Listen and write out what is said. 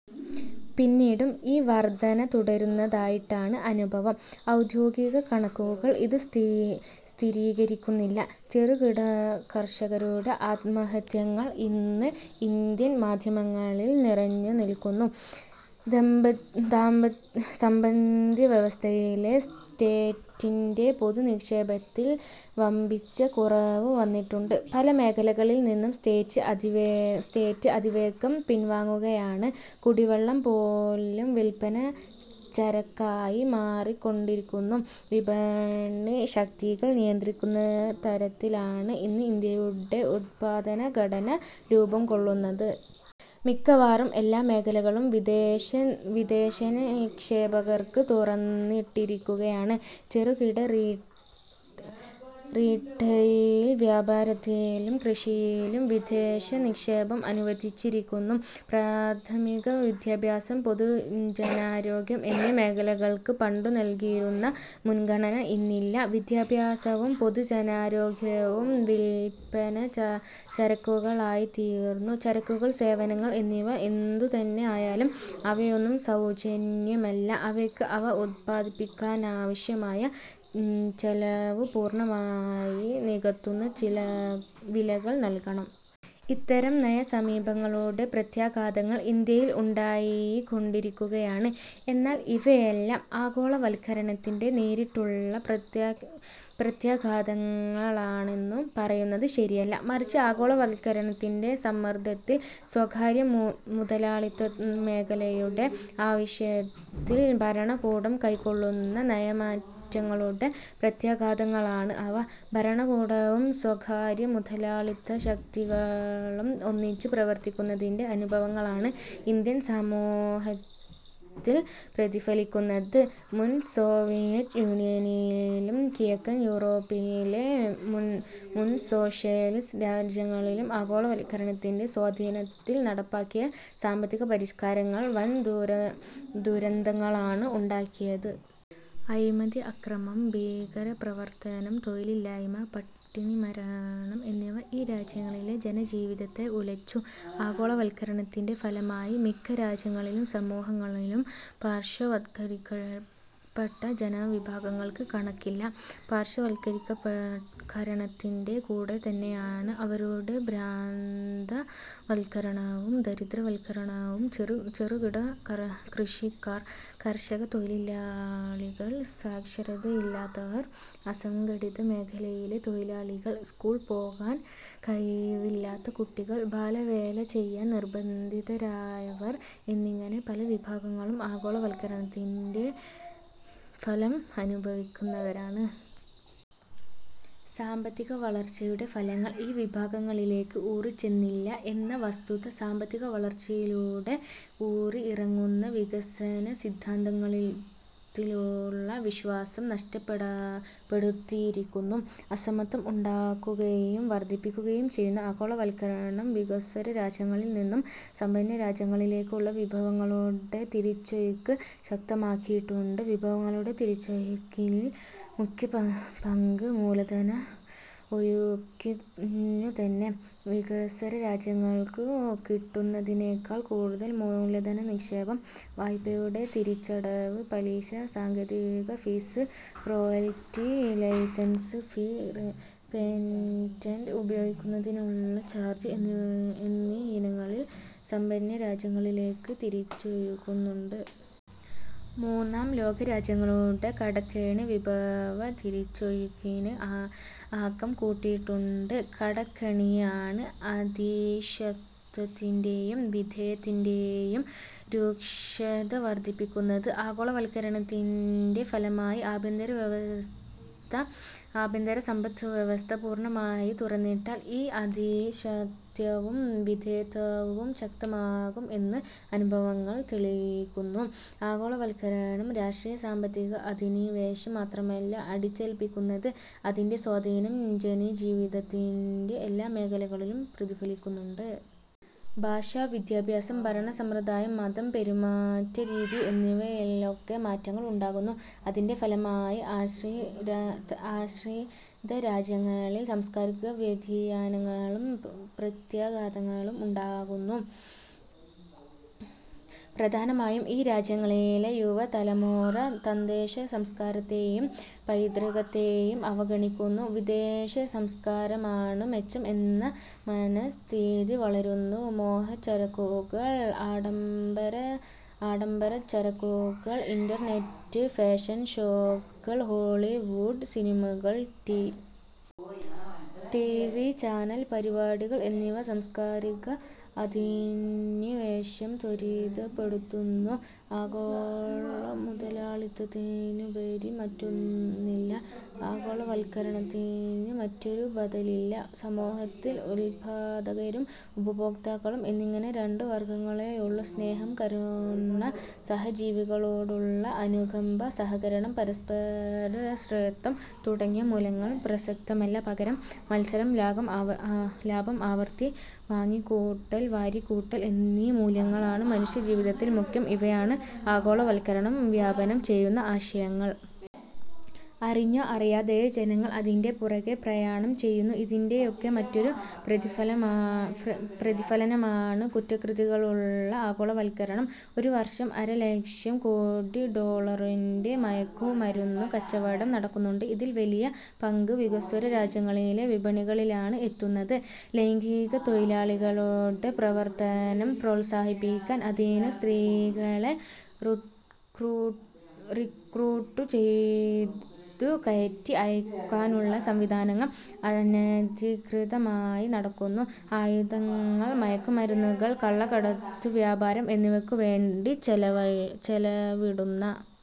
പിന്നീടും ഈ വർധന തുടരുന്നതായിട്ടാണ് അനുഭവം. ഔദ്യോഗികകണക്കുകൾ ഇതു സ്ഥിരീകരിക്കുന്നില്ല. ചെറുകിടകർഷകരുടെ ആത്മഹത്യകൾ ഇന്ന് ഇന്ത്യൻ മാധ്യമങ്ങളിൽ നിറഞ്ഞുനില്ക്കുന്നു. സമ്പദ്വ്യവസ്ഥയിലെ സ്റ്റേറ്റിന്റെ പൊതുനിക്ഷേപത്തിൽ വമ്പിച്ച കുറവു വന്നിട്ടുണ്ട്. പല മേഖലകളിൽനിന്നും സ്റ്റേറ്റ് അതിവേഗം പിൻവാങ്ങുകയാണ്. കുടിവെള്ളംപോലും വില്പനച്ചരക്കായി മാറിക്കൊണ്ടിരിക്കുന്നു. വിപണി ശക്തികൾ നിയന്ത്രിക്കുന്നതരത്തിലാണ് ഇന്ന് ഇന്ത്യയുടെ ഉത്പാദനഘടന രൂപംകൊള്ളുന്നത്. മിക്കവാറും എല്ലാ മേഖലകളും വിദേശനിക്ഷേപകർക്ക് തുറന്നിട്ടിരിക്കുകയാണ്. ചെറുകിട റീട്ടെയിൽ വ്യാപാരത്തിലും കൃഷിയിലും വിദേശനിക്ഷേപം അനുവദിച്ചിരിക്കുന്നു. പ്രാഥമികവിദ്യാഭ്യാസം പൊതുജനാരോഗ്യം എന്നീ മേഖലകൾക്ക് പണ്ടു നൽകിയിരുന്ന മുൻഗണന ഇന്നില്ല. വിദ്യാഭ്യാസവും പൊതുജനാരോഗ്യവും വില്പനച്ചരക്കുകളായിത്തീർന്നു. ചരക്കുകൾ, സേവനങ്ങൾ എന്നിവ എന്തുതന്നെ ആയാലും അവയൊന്നും സൌജന്യമല്ല. അവയ്ക്ക് അവ ഉത്പാദിപ്പിക്കാനാവശ്യമായ ചെലവു പൂർണമായി നികത്തുന്ന വിലകൾ നൽകണം. ഇത്തരം നയസമീപനങ്ങളുടെ പ്രത്യാഘാതങ്ങൾ ഇന്ത്യയിൽ ഉണ്ടായിക്കൊണ്ടിരിക്കുകയാണ്. എന്നാൽ ഇവയെല്ലാം ആഗോളവത്കരണത്തിന്റെ നേരിട്ടുള്ള പ്രത്യാഘാതങ്ങളാണെന്നു പറയുന്നത് ശരിയല്ല. മറിച്ച്, ആഗോളവത്കരണത്തിന്റെ സമ്മർദത്തിൽ സ്വകാര്യമുതലാളിത്തമേഖലയുടെ ആവേശത്തിൽ ഭരണകൂടം കൈക്കൊള്ളുന്ന നയമാറ്റങ്ങളുടെ പ്രത്യാഘാതങ്ങളാണ് അവ. ഭരണകൂടവും സ്വകാര്യമുതലാളിത്തശക്തികളും ഒന്നിച്ചു പ്രവർത്തിക്കുന്നതിന്റെ അനുഭവങ്ങളാണ് ഇന്ത്യൻ സമൂഹത്തിൽ പ്രതിഫലിക്കുന്നത്. മുൻസോവിയറ്റ് യൂണിയനിലും കിഴക്കൻ യൂറോപ്പിലെ മുൻസോഷ്യലിസ്റ്റ് രാജ്യങ്ങളിലും ആഗോളവത്കരണത്തിന്റെ സ്വാധീനത്തിൽ നടപ്പാക്കിയ സാമ്പത്തികപരിഷ്കാരങ്ങൾ വൻദുരന്തങ്ങളാണ് ഉണ്ടാക്കിയത്. അഴിമതി, അക്രമം, ഭീകരപ്രവർത്തനം, തൊഴിലില്ലായ്മ, പട്ടിണിമരണം എന്നിവ ഈ രാജ്യങ്ങളിലെ ജനജീവിതത്തെ ഉലച്ചു. ആഗോളവത്കരണത്തിന്റെ ഫലമായി മിക്ക രാജ്യങ്ങളിലും സമൂഹങ്ങളിലും പാർശ്വവത്കരിക്കപ്പെട്ട ജനവിഭാഗങ്ങൾക്ക് കണക്കില്ല. പാർശ്വവത്കരണത്തിന്റെ കൂടെത്തന്നെയാണ് അവരുടെ പ്രാന്തവത്കരണവും, ദരിദ്രവത്കരണവും. ചെറുകിടകൃഷിക്കാർ, കർഷകത്തൊഴിലാളികൾ, സാക്ഷരതയില്ലാത്തവർ, അസംഘടിതമേഖലയിലെ തൊഴിലാളികൾ, സ്കൂളിൽപോകാൻ കഴിവില്ലാത്ത കുട്ടികൾ, ബാലവേല ചെയ്യാൻ നിർബന്ധിതരായവർ എന്നിങ്ങനെ പല വിഭാഗങ്ങളും ആഗോളവത്കരണത്തിന്റെ തിക്തഫലം അനുഭവിക്കുന്നവരാണ്. സാമ്പത്തിക വളർച്ചയുടെ ഫലങ്ങൾ ഈ വിഭാഗങ്ങളിലേക്ക് ഊറിച്ചെന്നില്ല എന്ന വസ്തുത "സാമ്പത്തികവളർച്ചയിലൂടെ ഊറിഇറങ്ങുന്ന വികസനസിദ്ധാന്തത്തിലുള്ള വിശ്വാസം നഷ്ടപ്പെടുത്തിയിരിക്കുന്നു. അസമത്വം ഉണ്ടാക്കുകയും വർധിപ്പിക്കുകയും ചെയ്യുന്ന ആഗോളവത്കരണം വികസ്വരരാജ്യങ്ങളിൽനിന്നും സമ്പന്നരാജ്യങ്ങളിലേക്കുള്ള വിഭവങ്ങളുടെ തിരിച്ചൊഴുക്ക് ശക്തമാക്കിയിട്ടുണ്ട്. വിഭവങ്ങളുടെ തിരിച്ചൊഴുക്കിൽ മുഖ്യപങ്ക് മൂലധനഒഴുക്കിനുതന്നെ. വികസ്വരരാജ്യങ്ങൾക്കു കിട്ടുന്നതിനെക്കാൾ കൂടുതൽ മൂലധനനിക്ഷേപം, വായ്പയുടെ തിരിച്ചടവ്, പലിശ, സാങ്കേതികഫീസ്, റോയൽറ്റി, ലൈസൻസ് ഫീ, പേറ്റന്റ് ഉപയോഗിക്കുന്നതിനുള്ള ചാർജ് എന്നീയിനങ്ങളിൽ സമ്പന്നരാജ്യങ്ങളിലേക്കു തിരിച്ചൊഴുകുന്നുണ്ട്. മൂന്നാം ലോകരാജ്യങ്ങളുടെ കടക്കെണി വിഭവതിരിച്ചൊഴുക്കിന് ആക്കം കൂട്ടിയിട്ടുണ്ട്. കടക്കെണിയാണ് അധീശത്വത്തിന്റെയും വിധേയത്വത്തിന്റെയും രൂക്ഷത വർധിപ്പിക്കുന്നത്. ആഗോളവത്കരണത്തിന്റെ ഫലമായി ആഭ്യന്തരസമ്പദ്വ്യവസ്ഥ പൂർണമായി തുറന്നിട്ടാൽ ഈ അധീശത്വവും വിധേയത്വവും ശക്തമാകും എന്ന് അനുഭവങ്ങൾ തെളിയിക്കുന്നു. ആഗോളവത്കരണം രാഷ്ട്രീയ-സാമ്പത്തിക അധിനിവേശം മാത്രമല്ല അടിച്ചേൽപ്പിക്കുന്നത്. അതിന്റെ സ്വാധീനം ജനജീവിതത്തിന്റെ എല്ലാ മേഖലകളിലും പ്രതിഫലിക്കുന്നുണ്ട്. ഭാഷ, വിദ്യാഭ്യാസം, ഭരണസമ്പ്രദായം, മതം, പെരുമാറ്റരീതി എന്നിവയിലൊക്കെ മാറ്റങ്ങൾ ഉണ്ടാകുന്നു. അതിന്റെ ഫലമായി ആശ്രിതരാജ്യങ്ങളിൽ സാംസ്കാരിക വ്യതിയാനങ്ങളും പ്രത്യാഘാതങ്ങളും ഉണ്ടകുന്നു. പ്രധാനമായും ഈ രാജ്യങ്ങളിലെ യുവതലമുറ തദ്ദേശസംസ്കാരത്തെയും പൈതൃകത്തെയും അവഗണിക്കുന്നു. വിദേശസംസ്കാരമാണ് മെച്ചം എന്ന മനഃസ്ഥിതി വളരുന്നു. മോഹച്ചരക്കുകൾ, ആഡംബരച്ചരക്കുകൾ, ഇന്റർനെറ്റ്, ഫാഷൻഷോകൾ, ഹോളിവുഡ് സിനിമകൾ, ടി. വി. ചാനൽ പരിപാടികൾ എന്നിവ സാംസ്കാരിക അധിനിവേശം ത്വരിതപ്പെടുത്തുന്നു. ആഗോളമുതലാളിത്തത്തിനുപരി മറ്റൊന്നില്ല; ആഗോളവത്കരണത്തിന് മറ്റൊരു ബദലില്ല; സമൂഹത്തിൽ ഉത്പാദകരും ഉപഭോക്താക്കളും എന്നിങ്ങനെ രണ്ട് വർഗങ്ങളെയുള്ളൂ; സ്നേഹം, കരുണ, സഹജീവികളോടുള്ള അനുകമ്പ, സഹകരണം, പരസ്പരാശ്രയത്വം തുടങ്ങിയ മൂല്യങ്ങൾ പ്രസക്തമല്ല; പകരം, മത്സരം, ലാഭം, ആർത്തി, വാങ്ങിക്കൂട്ടൽ, വാരിക്കൂട്ടൽ എന്നീ മൂല്യങ്ങളാണ് മനുഷ്യജീവിതത്തിൽ മുഖ്യം ഇവയാണ് ആഗോളവത്കരണം വ്യാപനം ചെയ്യുന്ന ആശയങ്ങൾ. അറിഞ്ഞോ അറിയാതെയോ ജനങ്ങൾ അതിന്റെ പുറകെ പ്രയാണം ചെയ്യുന്നു. ഇതിന്റെയൊക്കെ മറ്റൊരു പ്രതിഫലനമാണു കുറ്റകൃത്യങ്ങളുടെ ആഗോളവത്കരണം. ഒരുവർഷം അരലക്ഷം കോടിഡോളറിന്റെ മയക്കുമരുന്നു കച്ചവടം നടക്കുന്നുണ്ട്. ഇതിൽ വലിയ പങ്ക് വികസ്വര രാജ്യങ്ങളിലെ വിപണികളിലാണ് എത്തുന്നത്. ലൈംഗികത്തൊഴിലാളികളുടെ പ്രവർത്തനം പ്രോത്സാഹിപ്പിക്കാൻ അതിനുള്ള സ്ത്രീകളെ റിക്രൂട്ടു ചെയ്തുകയറ്റി അയയ്ക്കാനുള്ള സംവിധാനങ്ങൾ അനധികൃതമായി നടക്കുന്നു. ആയുധങ്ങൾ, മയക്കുമരുന്നുകൾ, കള്ളക്കടത്തു വ്യാപാരം എന്നിവയ്ക്കുവേണ്ടി ചെലവിടുന്ന